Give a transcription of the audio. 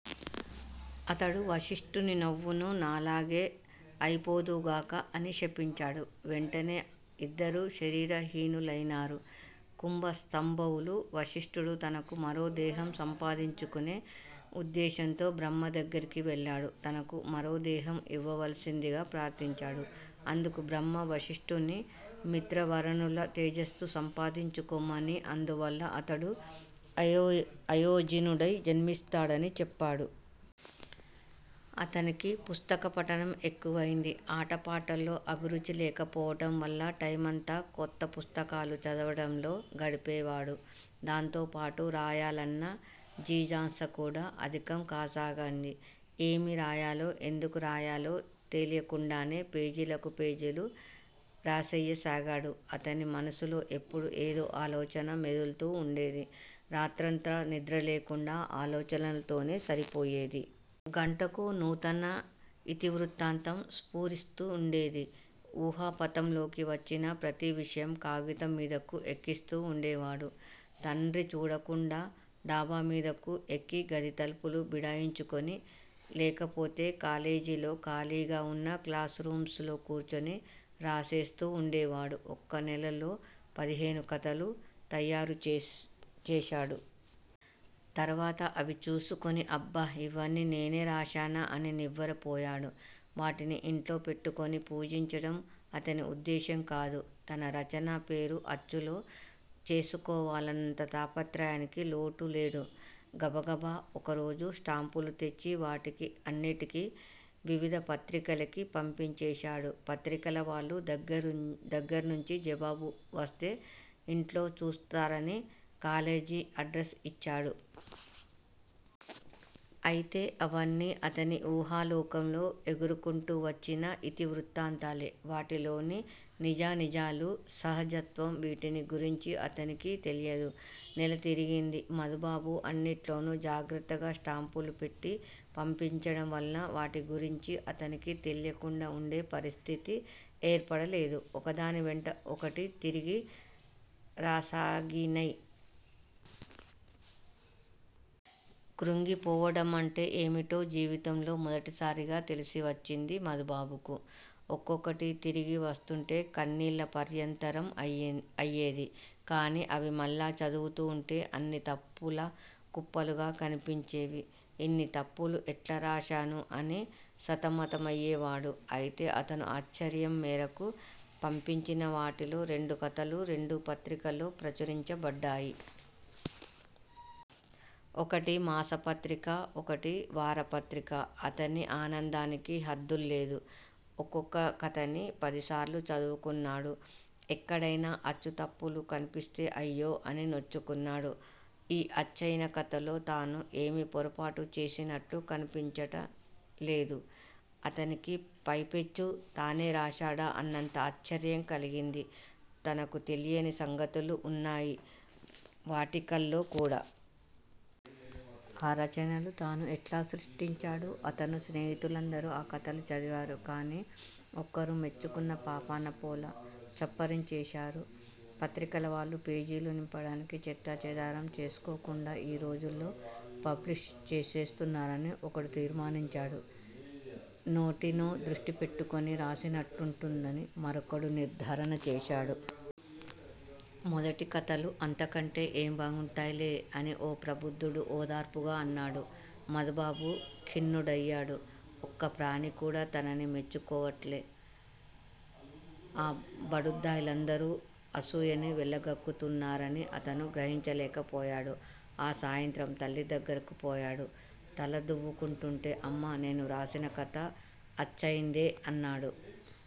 అతడు వశిష్ఠుణ్ణి నువ్వున్నూ నాలాగే అయిపోదువుగాక అని శపించాడు. వెంటనే ఇద్దరూ శరీర హీనునైనారు. కుంభసంభవులు: వశిష్ఠుడు తనకు మరోదేహం సంపాదించుకునే ఉద్దేశ్యంతో బ్రహ్మ దగ్గరికి వెళ్ళాడు. తనకు మరోదేహం ఇవ్వవలసిందని ప్రార్దించాడు. అందుకు బ్రహ్మ వశిష్ఠుణ్ని మిత్రావరుణుల తేజస్సు సంపాదించుకొమ్మనీ, అందువల్ల అతడు అయోనిజుడై జన్మిస్తాడనీ చెప్పాడు. అతనికి పుస్తకపఠనం ఎక్కువయింది. ఆటపాటల్లో అభిరుచి లేకపోవటం వల్ల టైమంతా కొత్తపుస్తకాలు చదవటంలో గడిపేవాడు. దానితోపాటు రాయాలన్న జిజ్ఞాసకూడా అధికం కాసాగింది. ఏమి రాయాలో, ఎందుకు రాయాలో తెలీకుండానే పేజీలకు పేజీలు రాసివేయసాగాడు. అతని మనస్సులో ఎప్పుడూ ఏదో ఆలోచన మోదుల్తూ వుండేది. రాత్రంతా నిద్రలేకుండా ఆలోచనలతోనే సరిపోయేది. గంటకో నూతన యితివృత్తం స్ఫుర్తిస్తూవుండేది. ఊహాపథంలోకి వచ్చిన ప్రతి విషయం కాగితం మీదకు ఎక్కిస్తూ వుండేవాడు. తండ్రి చూడకుండా డాబామీదకు ఎక్కి గది తలుపులు బిడాయించుకుని, లేకపోతే కాలేజీలో ఖాళీగావున్న క్లాస్ రూమ్స్ లో కూర్చుని రాసేస్తూ వుండేవాడు. ఒక నెల్లో పదిహేను కథలు తయారుచేశాడు. తరువాత అవి చూసుకుని అబ్బా! యివన్నీ నేనే రాశానా? అని నివ్వెర పోయాడు. వాటిని ఇంట్లో పెట్టుకుని పూజించటం అతని ఉద్దేశం కాదు. తన రచన, పేరు అచ్చులో చూసుకోవాలన్న తాపత్రయానికి లోటులేదు. గబగబ ఒకరోజు స్టాంపులు తెచ్చి వాటిని వివిధపత్రికలకి పంపించేశాడు. పత్రికలవాళ్ళ దగ్గర్నుంచి జవాబు వస్తే ఇంట్లో చూస్తారని కాలేజి ఎడ్రస్ యిచ్చాడు. అయితే అవన్నీ అతని వూహాలోకంలో ఎగురుకుంటూ వచ్చిన యితి వృత్తాలే. వాటిలోని నిజానిజాలు, సహజత్వం వీటిని గురించి అతనికి తెలియదు. నెల తిరిగింది. మధుబాబు అన్నిట్లోను జాగ్రత్తగా స్టాంపులు పెట్టి పంపించటం వలన వాటిగురించి అతనికి తెలీకుండా వుండే పరిస్థితి ఏర్పడలేదు. ఒకదానివెంట ఒకటి తిరిగి రాసాగినై. కృంగిపోవటమంటే ఏమిటో జీవితంలో మొదటిసారిగా తెలిసివచ్చింది మధుబాబుకు. ఒక్కొక్కటీ తిరిగివస్తోంటే కళ్ళనీళ్ళ పర్యంతం అయేది. కాని అవి మళ్లీ చదువుతోంటే అన్నీ తప్పుల కుప్పలుగా కనిపించేవి. ఇన్ని తప్పులు ఎట్లా రాశాను అని సతమతమయేవాడు. అయితే అతని ఆశ్చర్యం మేరకు పంపించినవాటిల్లో రెండుకథలు రెండు పత్రికల్లో ప్రచురించబడ్డాయి. ఒకటి మాసపత్రిక, ఒకటి వారపత్రిక. అతని ఆనందానికి హద్దులేదు. ఒక్కొక్క కథని పదిసార్లు చదువుకున్నాడు. ఎక్కడైనా అచ్చుతప్పులు కనిపిస్తే అయ్యో! అని నొచ్చుకున్నాడు. ఈ అచ్చయిన కథల్లో తను ఏమీ పొరపాటు చేసినట్లు కనిపించలేదు అతనికి. పైపెచ్చు తనే రాశాడా అన్నంత ఆశ్చర్యం కలిగింది. తనకు తెలియని సంగతులు వున్నాయి వాటిల్లోకూడా. ఆ రచనలు తను ఎట్లా సృష్టించాడు! అతని స్నేహితులందరూ ఆ కథలు చదివారు. కాని ఒక్కరూ మెచ్చుకున్న పాపాన పోలా. చప్పరించేశారు. పత్రికలవాళ్ళు పేజీలు నింపడానికి చెత్తా చెదారం చూసుకోకుండా యీ రోజుల్లో పబ్లిష్ చేస్తున్నారని ఒకడు తీర్మానించాడు. వేటినో దృష్టిలో పెట్టుకుని రాసినట్లుందని మరొకడు నిర్ధారణ చేశాడు. మొదటి కథలు అంతకంటే ఏం బాగుంటాయిలే? అని ఓ ప్రబుద్ధుడు ఓదార్పుగా అన్నాడు. మధుబాబు ఖిన్నుడయాడు. ఒక్కప్రాణికూడా తనని మెచ్చుకోటల్లో. ఈ బడుద్ధాయిలందరూ అసూయని వెలిగక్కుతున్నారని అతను గ్రహించలేక పోయాడు. ఆ సాయంత్రం తల్లిదగ్గరకు పోయాడు, తల దువ్వుకుంటూంటే. అమ్మా! నేను రాసిన కథ అచ్చయిందే అన్నాడు.